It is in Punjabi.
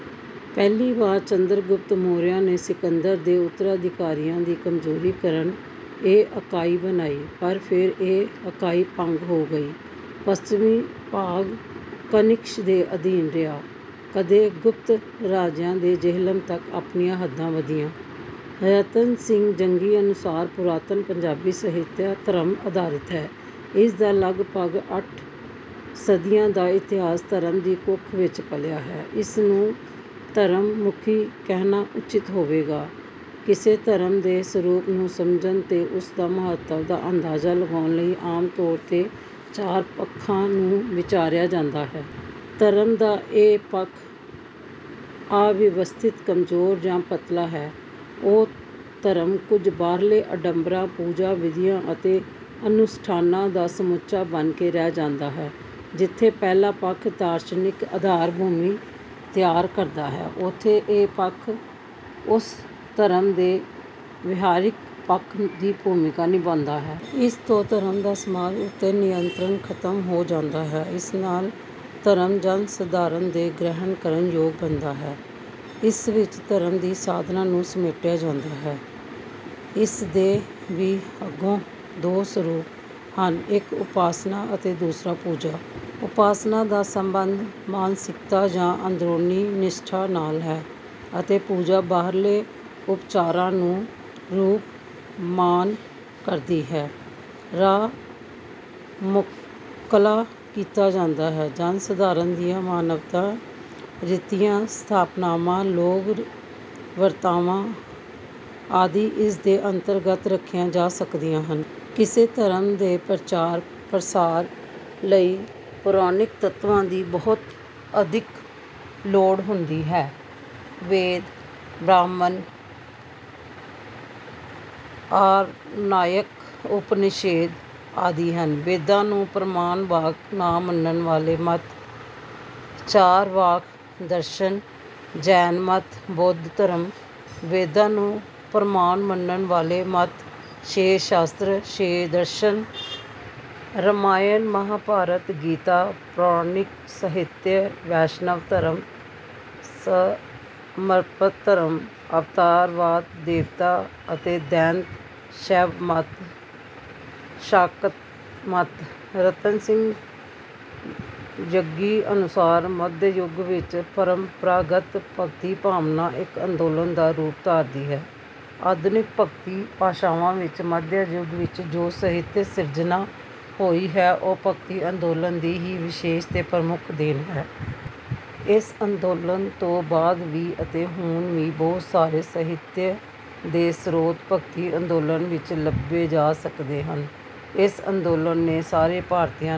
ਪਹਿਲੀ ਵਾਰ ਚੰਦਰਗੁਪਤ ਮੌਰਿਆ ਨੇ ਸਿਕੰਦਰ ਦੇ ਉੱਤਰਾਧਿਕਾਰੀਆਂ ਦੀ ਕਮਜ਼ੋਰੀ ਕਾਰਨ ਇਹ ਇਕਾਈ ਬਣਾਈ, ਪਰ ਫਿਰ ਇਹ ਇਕਾਈ ਭੰਗ ਹੋ ਗਈ। ਪੱਛਮੀ ਭਾਗ ਕਨਿਸ਼ਕ ਦੇ ਅਧੀਨ ਰਿਹਾ। ਕਦੇ ਗੁਪਤ ਰਾਜਿਆਂ ਦੇ ਜਿਹਲਮ ਤੱਕ ਆਪਣੀਆਂ ਹੱਦਾਂ ਵਧੀਆਂ। ਰਤਨ ਸਿੰਘ ਜੰਗੀ ਅਨੁਸਾਰ, ਪੁਰਾਤਨ ਪੰਜਾਬੀ ਸਾਹਿਤਯ ਧਰਮ-ਆਧਾਰਿਤ ਹੈ। ਇਸ ਦਾ ਲਗਭਗ ਅੱਠ ਸਦੀਆਂ ਦਾ ਇਤਿਹਾਸ ਧਰਮ ਦੀ ਕੁੱਖ ਵਿੱਚ ਪਲਿਆ ਹੈ। ਇਸ ਨੂੰ ਧਰਮ-ਮੁਖੀ ਕਹਿਣਾ ਉਚਿਤ ਹੋਵੇਗਾ। ਕਿਸੇ ਧਰਮ ਦੇ ਸਰੂਪ ਨੂੰ ਸਮਝਣ ਤੇ ਉਸ ਦਾ ਮਹੱਤਵ ਦਾ ਅੰਦਾਜ਼ਾ ਲਗਾਉਣ ਲਈ ਆਮ ਤੌਰ ’ਤੇ ਚਾਰ ਪੱਖਾਂ ਨੂੰ ਵਿਚਾਰਿਆ ਜਾਂਦਾ ਹੈ। ਧਰਮ ਦਾ ਇਹ ਪੱਖ ਅਵਿਵਸਥਿਤ, ਕਮਜ਼ੋਰ ਜਾਂ ਪਤਲਾ ਹੈ, ਉਹ ਧਰਮ ਕੁਝ ਬਾਹਰਲੇ ਆਡੰਬਰਾਂ, ਪੂਜਾ-ਵਿਧੀਆਂ ਅਤੇ ਅਨੁਸ਼ਠਾਨਾਂ ਦਾ ਸਮੁੱਚਾ ਬਣ ਕੇ ਰਹਿ ਜਾਂਦਾ ਹੈ। ਜਿੱਥੇ ਪਹਿਲਾ ਪੱਖ ਦਾਰਸ਼ਨਿਕ ਆਧਾਰ-ਭੂਮੀ ਤਿਆਰ ਕਰਦਾ ਹੈ, ਉੱਥੇ ਇਹ ਪੱਖ ਉਸ ਧਰਮ ਦੇ ਵਿਹਾਰਕ ਪੱਖ ਦੀ ਭੂਮਿਕਾ ਨਿਭਾਉਂਦਾ ਹੈ। ਇਸ ਤੋਂ ਧਰਮ ਦਾ ਸਮਾਜ ਉੱਤੇ ਨਿਯੰਤਰਨ ਖ਼ਤਮ ਹੋ ਜਾਂਦਾ ਹੈ। ਇਸ ਨਾਲ ਧਰਮ ਜਨ-ਸਾਧਾਰਨ ਦੇ ਗ੍ਰਹਿਣ ਕਰਨ ਯੋਗ ਬਣਦਾ ਹੈ। ਇਸ ਵਿੱਚ ਧਰਮ ਦੀ ਸਾਧਨਾ ਨੂੰ ਸਮੇਟਿਆ ਜਾਂਦਾ ਹੈ। ਇਸ ਦੇ ਵੀ ਅੱਗੋਂ ਦੋ ਸਰੂਪ ਹਨ—ਇੱਕ ਉਪਾਸਨਾ ਅਤੇ ਦੂਸਰਾ ਪੂਜਾ। ਉਪਾਸਨਾ ਦਾ ਸੰਬੰਧ ਮਾਨਸਿਕਤਾ ਜਾਂ ਅੰਦਰੂਨੀ ਨਿਸ਼ਠਾ ਨਾਲ ਹੈ ਅਤੇ ਪੂਜਾ ਬਾਹਰਲੇ ਉਪਚਾਰਾਂ ਨੂੰ ਰੂਪਮਾਨ ਕਰਦੀ ਹੈ। ਰਾਹ ਮੋਕਲਾ ਕੀਤਾ ਜਾਂਦਾ ਹੈ। ਜਨ-ਸਾਧਾਰਨ ਦੀਆਂ ਮਾਨਵਤਾ, ਰੀਤੀਆਂ, ਸਥਾਪਨਾਵਾਂ, ਲੋਗ-ਵਾਰਤਾਵਾਂ ਆਦਿ ਇਸ ਦੇ ਅੰਤਰਗਤ ਰੱਖੀਆਂ ਜਾ ਸਕਦੀਆਂ ਹਨ। ਕਿਸੇ ਧਰਮ ਦੇ ਪ੍ਰਚਾਰ-ਪ੍ਰਸਾਰ ਲਈ ਪੌਰਾਣਿਕ ਤੱਤਵਾਂ ਦੀ ਬਹੁਤ ਅਧਿਕ ਲੋੜ ਹੁੰਦੀ ਹੈ। ਵੇਦ, ਬ੍ਰਾਹਮਣ, ਆਰਨਾਇਕ, ਉਪਨਿਸ਼ੇਦ ਆਦਿ ਹਨ। ਵੇਦਾਂ ਨੂੰ ਪ੍ਰਮਾਣ-ਵਾਕ ਨਾ ਮੰਨਣ ਵਾਲੇ ਮੱਤ—ਚਾਰਵਾਕ ਦਰਸ਼ਨ, ਜੈਨ ਮੱਤ, ਬੁੱਧ ਧਰਮ। ਵੇਦਾਂ ਨੂੰ ਪ੍ਰਮਾਣ ਮੰਨਣ ਵਾਲੇ ਮੱਤ—ਛੇ ਸ਼ਾਸਤਰ, ਛੇ ਦਰਸ਼ਨ। ਰਾਮਾਇਣ, ਮਹਾਂਭਾਰਤ, ਗੀਤਾ, ਪੌਰਾਣਿਕ ਸਾਹਿਤਯ, ਵੈਸ਼ਣਵ ਧਰਮ, ਸਮਰਪਤ ਧਰਮ, ਅਵਤਾਰਵਾਦ, ਦੇਵਤਾ ਅਤੇ ਦੈਂਤ, ਸ਼ੈਵ ਮੱਤ, ਸ਼ਾਕਤ ਮੱਤ। ਰਤਨ ਸਿੰਘ ਜੱਗੀ ਅਨੁਸਾਰ, ਮੱਧ ਯੁੱਗ ਵਿੱਚ ਪਰੰਪਰਾਗਤ ਭਗਤੀ-ਭਾਵਨਾ ਇੱਕ ਅੰਦੋਲਨ ਦਾ ਰੂਪ ਧਾਰਦੀ ਹੈ। ਆਧੁਨਿਕ ਭਗਤੀ ਭਾਸ਼ਾਵਾਂ ਵਿੱਚ ਮੱਧ ਯੁੱਗ ਵਿੱਚ ਜੋ ਸਾਹਿਤ-ਸਿਰਜਣਾ ਹੋਈ ਹੈ, ਉਹ ਭਗਤੀ ਅੰਦੋਲਨ ਦੀ ਹੀ ਵਿਸ਼ੇਸ਼ ਤੇ ਪ੍ਰਮੁੱਖ ਦੇਣ ਹੈ। ਇਸ ਅੰਦੋਲਨ ਤੋਂ ਬਾਅਦ ਵੀ ਅਤੇ ਹੁਣ ਵੀ ਬਹੁਤ ਸਾਰੇ ਸਾਹਿਤਯ ਦੇ ਸਰੋਤ ਭਗਤੀ ਅੰਦੋਲਨ ਵਿੱਚ ਲੱਭੇ ਜਾ ਸਕਦੇ ਹਨ। ਇਸ ਅੰਦੋਲਨ ਨੇ ਸਾਰੇ ਭਾਰਤੀਆਂ...